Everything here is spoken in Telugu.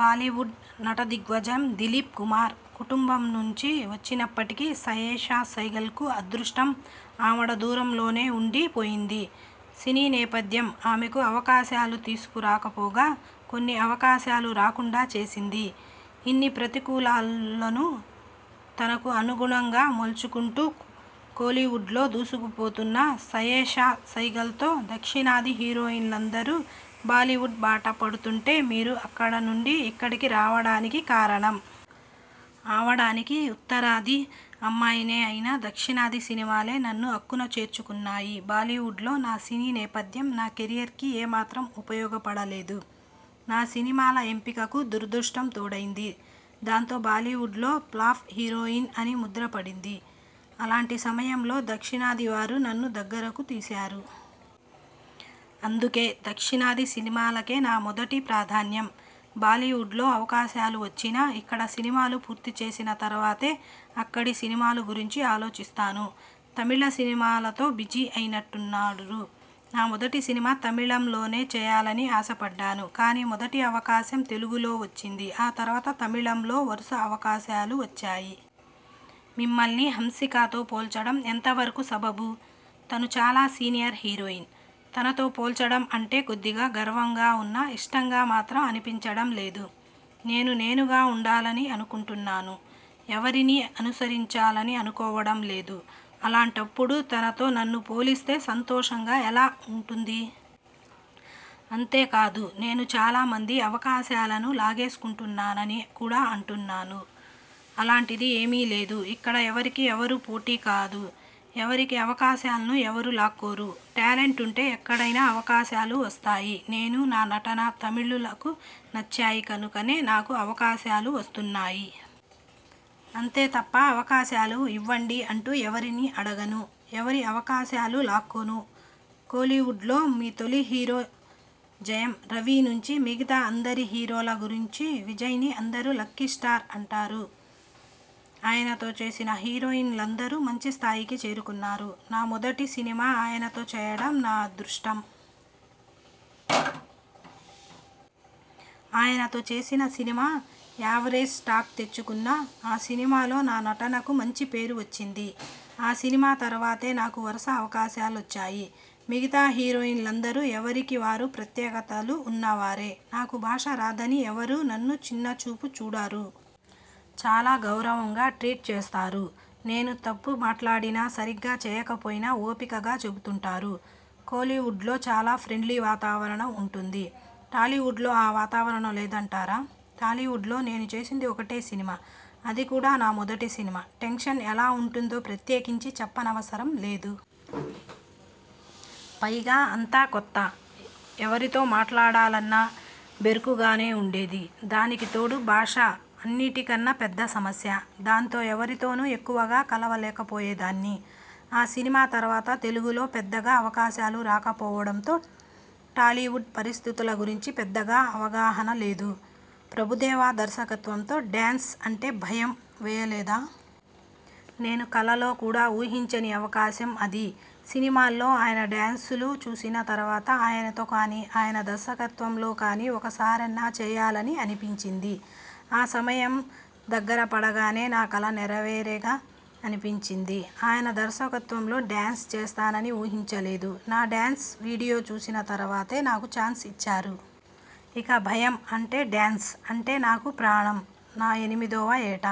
బాలీవుడ్ నటదిగ్గజం దిలీప్ కుమార్ కుటుంబం నుంచి వచ్చినప్పటికీ సయేషా సైగల్కు అదృష్టం ఆమడ దూరంలోనే ఉండి పోయింది. సినీ నేపథ్యం ఆమెకు అవకాశాలను తీసుకు రాకపోగా, కొన్ని అవకాశాలు రాకుండా చేసింది. ఇన్ని ప్రతికూలాలను తనకు అనుగుణంగా మలుచుకుంటూ కోలీవుడ్లో దూసుకుపోతున్న సయేషా సైగల్తో దక్షిణాది హీరోయిన్లందరూ బాలీవుడ్ బాట పడుతుంటే మీరు అక్కడ నుండి ఇక్కడికి రావడానికి కారణం? అవడానికి ఉత్తరాది అమ్మాయినే అయినా దక్షిణాది సినిమాలే నన్ను అక్కున చేర్చుకున్నాయి. బాలీవుడ్లో నా సినీ నేపథ్యం నా కెరీర్కి ఏ మాత్రం ఉపయోగపడలేదు. నా సినిమాల ఎంపికకు దురదృష్టం తోడైంది. దాంతో బాలీవుడ్లో ఫ్లాప్ హీరోయిన్ అని ముద్ర పడింది. అలాంటి సమయంలో దక్షిణాదివారు నన్ను దగ్గరకు తీశారు. అందుకే దక్షిణాది సినిమాలకే నా మొదటి ప్రాధాన్యం. బాలీవుడ్లో అవకాశాలు వచ్చినా, ఇక్కడ సినిమాలు పూర్తిచేసిన తరువాతే అక్కడి సినిమాల గురించి ఆలోచిస్తాను. తమిళ సినిమాలతో బిజీ అయినట్టున్నారు? నా మొదటి సినిమా తమిళంలోనే చేయాలని ఆశపడ్డాను. కానీ మొదటి అవకాశం తెలుగులో వచ్చింది. ఆ తరువాత తమిళంలో వరుస అవకాశాలు వచ్చాయి. మిమ్మల్ని హన్సికతో పోల్చడం ఎంతవరకు సబబు? తను చాలా సీనియర్ హీరోయిన్. తనతో పోల్చడం అంటే కొద్దిగా గర్వంగా ఉన్నా ఇష్టంగా మాత్రం అనిపించడం లేదు. నేను నేనుగా ఉండాలని అనుకుంటున్నాను. ఎవరినీ అనుకరించాలని అనుకోవడం లేదు. అలాంటప్పుడు తనతో నన్ను పోలిస్తే సంతోషంగా ఎలా ఉంటుంది? అంతే కాదునేను చాలామంది అవకాశాలను లాగేసుకుంటున్నానని కూడా అంటునాను. అలాంటిది ఏమీ లేదు. ఇక్కడ ఎవరికి ఎవరూ పోటీ కాదు. ఎవరికి అవకాశాలనూ ఎవరూ లాక్కోరు. టాలెంట్ ఉంటే ఎక్కడైనా అవకాశాలు వస్తాయి. నేనూ, నా నటనా తమిళులకు నచ్చాయి కనుకనే నాకు అవకాశాలు వస్తున్నాయి. అంతే తప్ప అవకాశాలు ఇవ్వండి అంటూ ఎవరినీ అడగను. ఎవరి అవకాశాలూ లాక్కోను. కోలీవుడ్లో మీ తొలి హీరో జయం రవి నుంచి మిగతా అందరి హీరోల గురించివిజయ్ని అందరూ లక్కీ స్టార్ అంటారు. ఆయనతో చేసిన హీరోయిన్లందరూ మంచి స్థాయికి చేరుకున్నారు. నా మొదటి సినిమా ఆయనతో చేయడం నా అదృష్టం. ఆయనతో చేసిన సినిమా యావరేజ్ టాక్ తెచ్చుకున్నా ఆ సినిమాలో నా నటనకు మంచి పేరు వచ్చింది. ఆ సినిమా తరువాతే నాకు వరుస అవకాశాలు వచ్చాయి. మిగతా హీరోయి న్ లందరూ ఎవరికి వారు ప్రత్యేకతలు ఉన్నవారే! నాకు భాష రాదనీ ఎవ్వరూ నన్ను చిన్నచూపు చూడరు. చాలా గౌరవంగా ట్రీట్ చేస్తారు. నేను తప్పు మాట్లాడినా, సరిగ్గా చేయకపోయినా ఓపికగా చెబుతుంటారు. కోలీవుడ్లో చాలా ఫ్రెండ్లీ వాతావరణం ఉంటుంది. టాలీవుడ్లో ఆ వాతావరణం లేదంటారా? టాలీవుడ్లో నేను చేసింది ఒక్కటే సినిమా. అది కూడా నా మొదటి సినిమా. టెన్షన్ ఎలా ఉంటుందో ప్రత్యేకించి చెప్పనవసరం లేదు. పైగా అంతా కొత్త. ఎవరితో మాట్లాడాలన్నా బెరుకుగానే ఉండేది. దానికి తోడు భాష అన్నిటికన్నా పెద్ద సమస్య. దాంతో ఎవరితోనూ ఎక్కువగా కలవలేకపోయేదాన్ని. ఆ సినిమా తరువాత తెలుగులో పెద్దగా అవకాశాలు రాకపోవడంతో టాలీవుడ్ పరిస్థితుల గురించి పెద్దగా అవగాహన లేదు. ప్రభుదేవా దర్శకత్వంలో డ్యాన్స్ అంటే భయం వేయలేదా? నేను కలలో కూడా ఊహించని అవకాశం అది. సినిమాల్లో ఆయన డ్యాన్సులు చూసిన తరువాత ఆయనతో కానీ, ఆయన దర్శకత్వంలో కానీ ఒక్క సారన్నా చేయాలని అనిపించింది. ఆ సమయం దగ్గర పడగానే 'నా కలనెరవేరెగా' అనిపించింది. ఆయన దర్వకత్వంలో డ్యాన్స్ చేస్తానని ఊహించలేదు. నా డ్యాన్స్ వీడియో చూసిన తరువాతే నాకు ఛాన్స్ ఇచ్చారు. ఇక భయం అంటే డ్యాన్స్ అంటే నాకు ప్రాణం. నా ఎనిమిదవ యేట